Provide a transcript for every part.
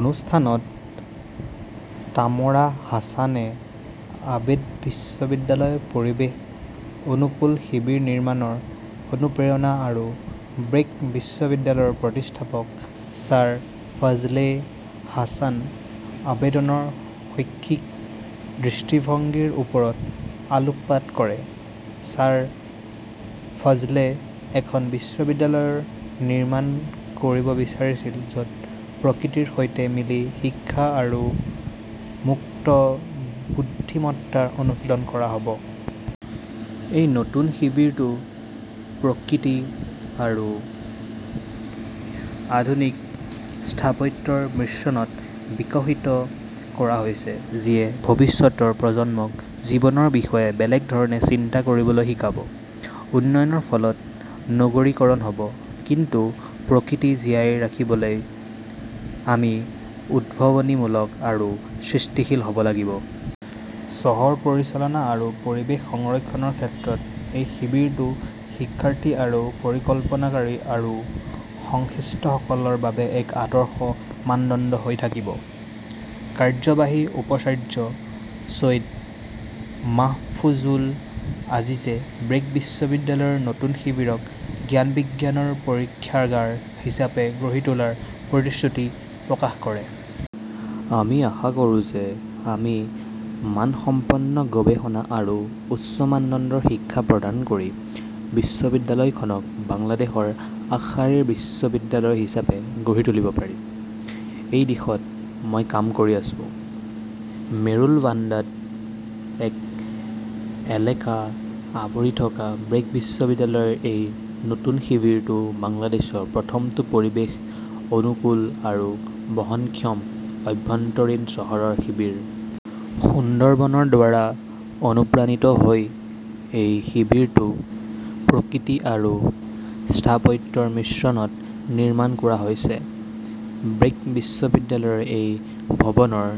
অনুষ্ঠানত তামৰা হাছানে আবেদ বিশ্ববিদ্যালয়ৰ পৰিৱেশ অনুকূল শিবিৰ নিৰ্মাণৰ অনুপ্ৰেৰণা আৰু ব্ৰেক বিশ্ববিদ্যালয়ৰ প্ৰতিষ্ঠাপক ছাৰ ফজলে হাছান আবেদৰ শৈক্ষিক দৃষ্টিভংগীৰ ওপৰত আলোকপাত কৰে। "ছাৰ ফজলে এখন বিশ্ববিদ্যালয় নিৰ্মাণ কৰিব বিচাৰিছিল য'ত প্ৰকৃতিৰ সৈতে মিলি শিক্ষা আৰু মুক্ত বুদ্ধিমত্তাৰ অনুশীলন কৰা হ'ব।" এই নতুন শিবিৰটো প্ৰকৃতি আৰু আধুনিক স্থাপত্যৰ মিশ্ৰণত বিকশিত কৰা হৈছে, যিয়ে ভৱিষ্যতৰ প্ৰজন্মক জীৱনৰ বিষয়ে বেলেগ ধৰণে চিন্তা কৰিবলৈ শিকাব। উন্নয়নৰ ফলত নগৰীকৰণ হ'ব, কিন্তু প্ৰকৃতি জীয়াই ৰাখিবলৈ আমি উদ্ভাৱনীমূলক আৰু সৃষ্টিশীল হ'ব লাগিব। চহৰ পৰিকল্পনা আৰু পৰিৱেশ সংৰক্ষণৰ ক্ষেত্ৰত এই শিবিৰটো শিক্ষাৰ্থী, পৰিকল্পনাকাৰী আৰু সংশ্লিষ্টসকলৰ বাবে এক আদৰ্শ মানদণ্ড হৈ থাকিব। কাৰ্যবাহী উপাচাৰ্য চৈয়দ মাহফুজুল আজিজে ব্ৰেক বিশ্ববিদ্যালয়ৰ নতুন শিবিৰক জ্ঞান-বিজ্ঞানৰ পৰীক্ষাগাৰ হিচাপে গঢ়ি তোলাৰ প্ৰতিশ্ৰুতি প্ৰকাশ কৰে। "আমি আশা কৰোঁ যে আমি মানসম্পন্ন গৱেষণা আৰু উচ্চ মানদণ্ডৰ শিক্ষা প্ৰদান কৰি বিশ্ববিদ্যালয়খনক বাংলাদেশৰ আগশাৰীৰ বিশ্ববিদ্যালয় হিচাপে গঢ়ি তুলিব পাৰিম। সেই দিশত মই কাম কৰি আছোঁ।" মেৰুল বাড্ডাত একৰ এলেকা আৱৰি থকা ব্ৰেক বিশ্ববিদ্যালয়ৰ এই নতুন শিবিৰটো বাংলাদেশৰ প্ৰথমটো পৰিৱেশ-অনুকূল আৰু বহনক্ষম আভ্যন্তৰীণ চহৰৰ শিবিৰ। সুন্দৰবনৰ দ্বাৰা অনুপ্ৰাণিত হৈ এই শিবিৰটো প্ৰকৃতি আৰু স্থাপত্যৰ মিশ্ৰণত নিৰ্মাণ কৰা হৈছে। ব্ৰেক বিশ্ববিদ্যালয়ৰ এই ভৱনৰ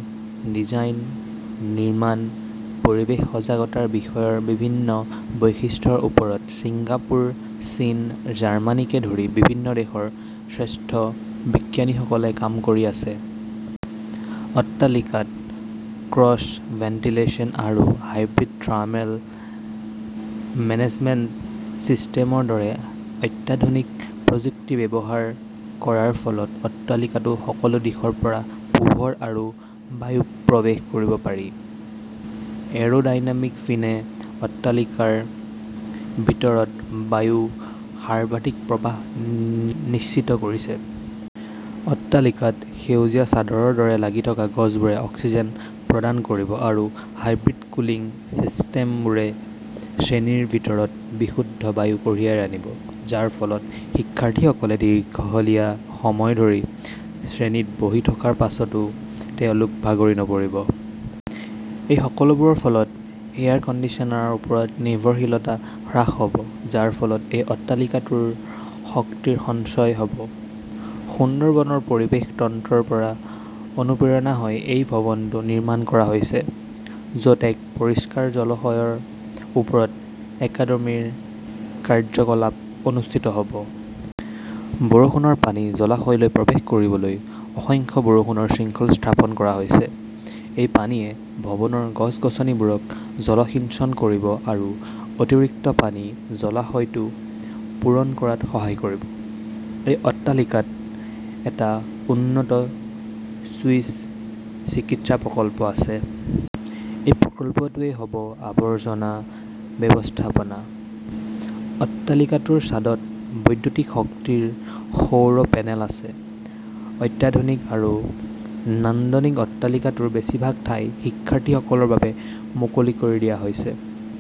ডিজাইন, নিৰ্মাণ, পৰিৱেশ সজাগতা বিষয়ৰ বিভিন্ন বৈশিষ্ট্যৰ ওপৰত ছিংগাপুৰ, চীন, জাৰ্মানীকে ধৰি বিভিন্ন দেশৰ শ্ৰেষ্ঠ বিজ্ঞানীসকলে কাম কৰি আছে। অট্টালিকাত ক্ৰছ ভেণ্টিলেচন আৰু হাইব্ৰিড থাৰ্মেল মেনেজমেণ্ট চিষ্টেমৰ দৰে অত্যাধুনিক প্ৰযুক্তি ব্যৱহাৰ কৰাৰ ফলত অট্টালিকাৰ সকলো দিশৰ পৰা পোহৰ আৰু বায়ু প্ৰৱেশ কৰিব পাৰি। এৰো ডাইনামিক ফিনে অট্টালিকাটোৰ ভিতৰত বায়ুৰ সৰ্বাধিক প্ৰবাহ নিশ্চিত কৰিব। অট্টালিকাত সেউজীয়া চাদৰৰ দৰে লাগি থকা গছবোৰে অক্সিজেন প্ৰদান কৰিব আৰু হাইব্ৰিড কুলিং চিষ্টেমবোৰে শ্ৰেণীৰ ভিতৰত বিশুদ্ধ বায়ু কঢ়িয়াই আনিব, যাৰ ফলত শিক্ষাৰ্থীসকলে দীঘলীয়া সময় ধৰি শ্ৰেণীত বহি থকাৰ পাছতো তেওঁলোক ভাগৰি নপৰিব। এই সকলোবোৰৰ ফলত এয়াৰ কণ্ডিচনাৰৰ ওপৰত নিৰ্ভৰশীলতা হ্ৰাস হ'ব, যাৰ ফলত এই অট্টালিকাটোৰ শক্তিৰ সঞ্চয় হ'ব। সুন্দৰবনৰ পৰিৱেশ তন্ত্ৰৰ পৰা অনুপ্ৰেৰণা লৈ এই ভৱনটো নিৰ্মাণ কৰা হৈছে। য'ত এক পৰিষ্কাৰ জলাশয়ৰ ওপৰত একাডেমীৰ কাৰ্যকলাপ অনুষ্ঠিত হ'ব। বৰষুণৰ পানী জলাশয়লৈ প্ৰৱেশ কৰিবলৈ অসংখ্য বৰষুণৰ শৃংখল স্থাপন কৰা হৈছে। এই পানীয়ে ভৱনৰ গছ-গছনিবোৰক জলসিঞ্চন কৰিব আৰু অতিৰিক্ত পানী জলাশয়টোত পূৰণ কৰাত সহায় কৰিব। এই অট্টালিকাত এটা উন্নত চুইচ চিকিৎসা প্ৰকল্প আছে। এই প্ৰকল্পটোৱেই হ'ব আৱৰ্জনা ব্যৱস্থাপনা। অট্টালিকাটোৰ ছাদত বৈদ্যুতিক শক্তিৰ সৌৰ পেনেল আছে । অত্যাধুনিক আৰু নান্দনিক অট্টালিকাটোৰ বেছিভাগ ঠাই শিক্ষাৰ্থীসকলৰ বাবে মুকলি কৰি দিয়া হৈছে।